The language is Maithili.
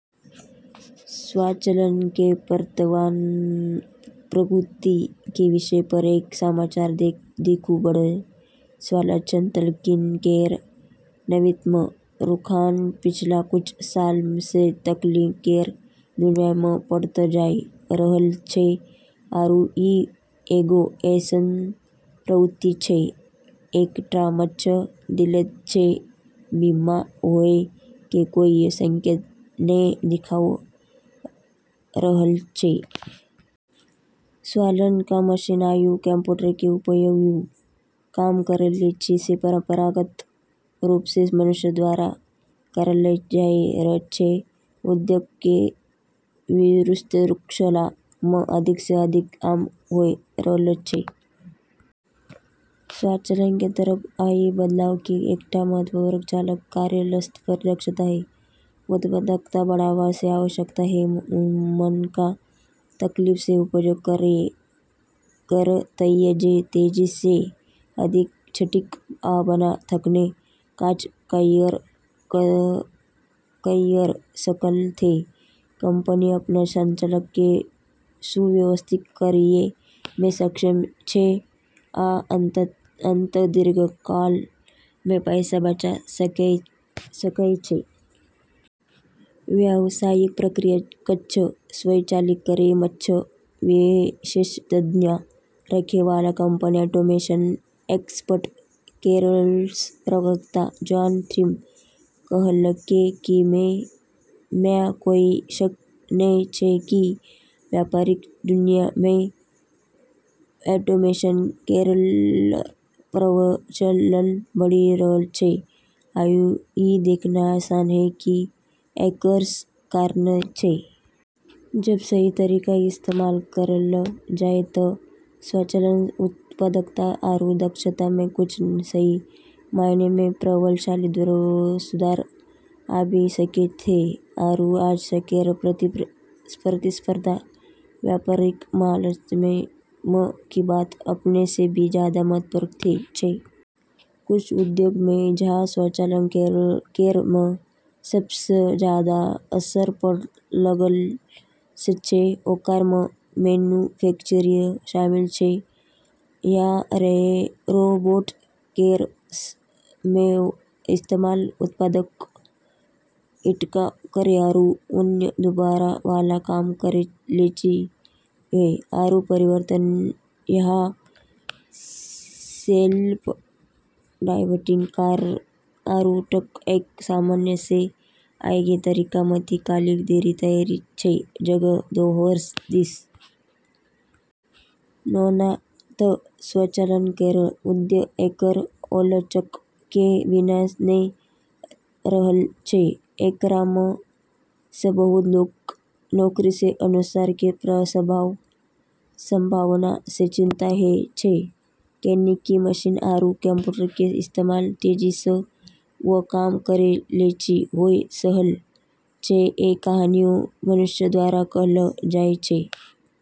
स्वचालन के वर्तमान प्रवृत्ति के विषय पर एक समाचार लेख लिखु: बढ़लऽ स्वचालन तकनीक केरऽ नवीनतम रुझान पिछला कुछ सालऽ स॑ तकनीक केरऽ दुनिया म॑ बढ़त जाय रहलऽ छै, आरू ई एगो ऐसनऽ प्रवृत्ति छै जेकरा म॑ जल्दिये धीमा होय के कोय संकेत नै दिखाय रहलऽ छै। स्वचालन, या मशीन आरू कंप्यूटर के उपयोग वू काम करै लेली जे परंपरागत रूप स॑ मनुष्य द्वारा करलऽ जाय रहलऽ छै, उद्योगऽ के विस्तृत श्रृंखला म॑ अधिक स॑ अधिक आम होय रहलऽ छै। स्वचालन के तरफ अइ बदलाव के एकटा महत्वपूर्ण चालक कार्यस्थल पर दक्षता आ उत्पादकता बढ़ावा के आवश्यकता छै । नबका तकनीक के उपयोग करयत जे तेजी सऽ, अधिक सटीक आ बिना थकने काज कयर सकय छै, कंपनीक अपन संचालन के सुव्यवस्थित करय मे सक्षम छै आ अंततः दीर्घकाल मे पैसा बचा सकय छै। व्यवसायिक प्रक्रिया क॑ स्वचालित करै म॑ विशेषज्ञता रखै वाला कंपनी ऑटोमेशन एक्सपर्ट केरऽ प्रवक्ता जॉन स्मिथ कहलकै कि ई म॑ कोय शक नै छै कि व्यापारिक दुनिया म॑ ऑटोमेशन केरऽ प्रचलन बढ़ी रहलऽ छै, आरू ई देखना आसान छै कि एकरऽ कारण छै। जब सही तरीका स॑ इस्तेमाल करलऽ जाय त॑ स्वचालन स॑ उत्पादकता आरू दक्षता म॑ कुछ सही मायने म॑ प्रभावशाली सुधार आबी सकै छै। आरू आज केरऽ प्रतिस्पर्धी व्यापारिक माहौल म॑ ई बात पहिने स॑ भी जादा महत्वपूर्ण छै। कुछ उद्योगऽ म॑ जहाँ स्वचालन केरऽ सबसऽ जादा असर पड़॑ लगलऽ छै, ओकरा म॑ मैन्युफैक्चरिंग शामिल छै, जहां रोबोट केरऽ इस्तेमाल उत्पाद क॑ इकट्ठा करै आरू अन्य दोहराबै वाला काम करै लेली तेजी स॑ होय रहलऽ छै, आरू परिवहन, जहाँ सेल्फ ड्राइविंग कार आरू ट्रक एक स॑ सामान ले जाय के तरीका म॑ क्रांति लानै लेली तैयार छै जगह दोसर दिस। ओना त स्वचालन केरऽ उदय एकरऽ आलोचकऽ के बिना नै रहलऽ छै, जेकरा म॑ स॑ बहुत लोगऽ क॑ नौकरी के नुकसान के संभावना के चिंता छै, कैन्हेंकि मशीन आरू कंप्यूटर के इस्तेमाल तेजी स॑ वू काम करै लेली होय रहलऽ छै जे कहियो मनुष्य द्वारा करलऽ जाय छेलै।